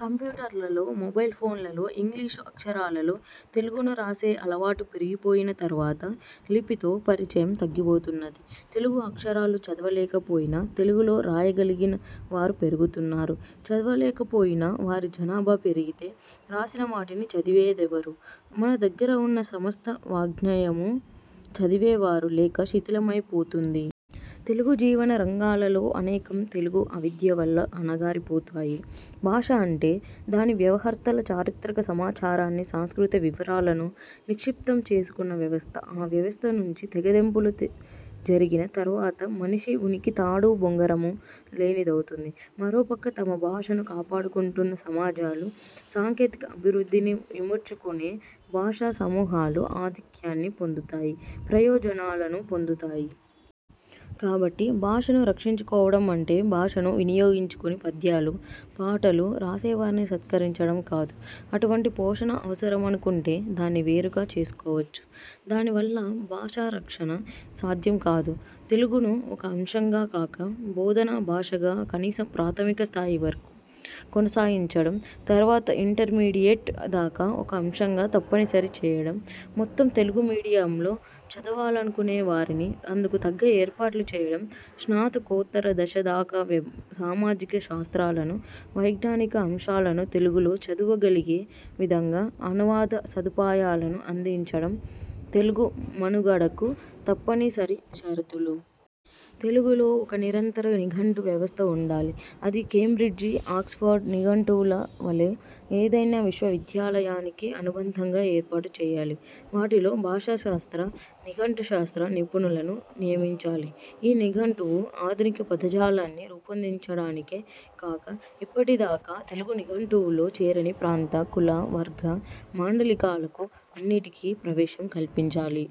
కంప్యూటర్లలో, mobile ఫోన్లలో English అక్షరాలలో తెలుగును రాసే అలవాటు పెరిగిపోయిన తరువాత, లిపితో పరిచయం తగ్గిపోతున్నది. తెలుగు అక్షరాలు చదవలేకపోయినా, తెలుగులో రాయగలిగిన వారు పెరుగుతున్నారు. చదవలేకపోయిన వారిజనాభా పెరిగితే, రాసిన వాటిని చదివేదెవరు? మన దగ్గర ఉన్న సమస్త వాగ్నయమూ చదివేవారు లేక, శిథిలమై పోతుంది. తెలుగు జీవన రంగాలలో అనేకం, తెలుగు అవిద్య వల్ల అణగారిపోతాయి. భాష అంటే, దాని వ్యవహర్తల చారిత్రక సమాచారాన్ని, సాంస్కృతిక వివరాలను నిక్షిప్తం చేసుకున్న వ్యవస్థ. ఆ వ్యవస్థ నుంచి తెగదెంపులు జరిగిన తరవాత మనిషి ఉనికి తాడూ బొంగరమూ లేనిదవుతుంది. మరోపక్క, తమ భాషను కాపాడుకుంటున్న సమాజాలు, సాంకేతిక అభివృద్ధిని ఇముడ్చుకునే భాషా సమూహాలు ఆధిక్యాన్ని పొందుతాయి, ప్రయోజనాలనూ పొందుతాయి. కాబట్టి, భాషను రక్షించుకోవడం అంటే, భాషను వినియోగించుకుని పద్యాలూ పాటలూ రాసేవారిని సత్కరించడం కాదు. అటువంటి పోషణ అవసరమనుకుంటే దాన్ని వేరుగా చేసుకోవచ్చు. దాని వల్ల భాషారక్షణ సాధ్యం కాదు. తెలుగును ఒక అంశంగా కాక, బోధనా భాషగా కనీసం ప్రాథమిక స్థాయి వరకు కొనసాగించడం, తరువాత ఇంటర్మీడియేట్ దాకా ఒక అంశంగా తప్పనిసరి చేయడం, మొత్తం తెలుగు మీడియంలో చదవాలనుకునేవారిని అందుకు తగ్గ ఏర్పాట్లు చేయడం, స్నాతకోత్తర దశ దాకా సామాజిక శాస్త్రాలను, వైజ్ఞానిక అంశాలను తెలుగులో చదువగలిగే విధంగా అనువాద సదుపాయాలను అందించడం– తెలుగు మనుగడకు తప్పనిసరి షరతులు. తెలుగులో ఒక నిరంతర నిఘంటు వ్యవస్థ ఉండాలి. అది కేంబ్రిడ్జి, ఆక్స్ఫర్డ్ నిఘంటువుల వలె, ఏదైనా విశ్వవిద్యాలయానికి అనుబంధంగా ఏర్పాటు చేయాలి. వాటిలో భాషాశాస్త్ర, నిఘంటు శాస్త్ర నిపుణులను నియమించాలి. ఈ నిఘంటువు, ఆధునిక పదజాలాన్ని రూపొందించడానికే కాక, ఇప్పటిదాకా తెలుగు నిఘంటువులో చేరని ప్రాంత, కుల, వర్గ మాండలికాలకు అన్నిటికీ ప్రవేశం కల్పించాలి.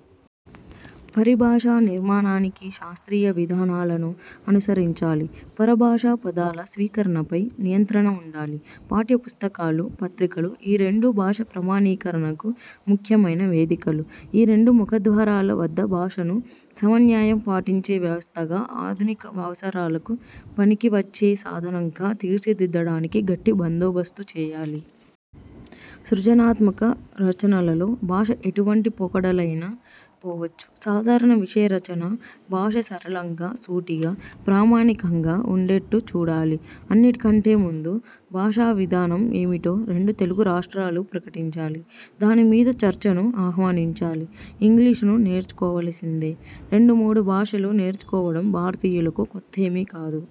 పరిభాషా నిర్మాణానికి శాస్త్రీయ విధానాలను అనుసరించాలి. పరభాషాపదాల స్వీకరణపై నియంత్రణ ఉండాలి. పాఠ్యపుస్తకాలు, పత్రికలు – ఈ రెండూ భాష ప్రమాణీకరణకు ముఖ్యమైన వేదికలు. ఈ రెండు ముఖద్వారాల వద్ద భాషను సమన్యాయం పాటించే వ్యవస్థగా, ఆధునిక అవసరాలకు పనికివచ్చే సాధనంగా తీర్చిదిద్దడానికి గట్టి బందోబస్తు చేయాలి. సృజనాత్మక రచనలలో భాష ఎటువంటి పోకడలైనా పోవచ్చు. సాధారణ విషయరచనా భాష సరళంగా, సూటిగా, ప్రామాణికంగా ఉండేట్టు చూడాలి. అన్నిటికంటె ముందు, భాషా విధానం ఏమిటో రెండు తెలుగురాష్ట్రాలూ ప్రకటించాలి. దాని మీద చర్చను ఆహ్వానించాలి. ఇంగ్లీషును నేర్చుకోవలసిందే. రెండు మూడు భాషలు నేర్చుకోవడం భారతీయులకు కొత్తేమీ కాదు.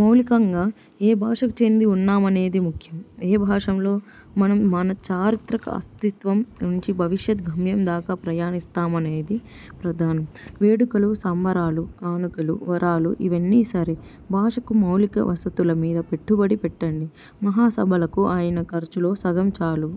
మౌలికంగా ఏ భాషకు చెంది ఉన్నామనేది ముఖ్యం. ఏ భాషంలో మనం మన చారిత్రక అస్తిత్వం నుంచి భవిష్యత్ గమ్యం దాకా ప్రయాణిస్తామనేది ప్రధానం. వేడుకలు, సంబరాలు, కానుకలు, వరాలు– ఇవన్నీ సరే. భాషకు మౌలిక వసతుల మీద పెట్టుబడి పెట్టండి. మహాసభలకు అయన ఖర్చులో సగం చాలు.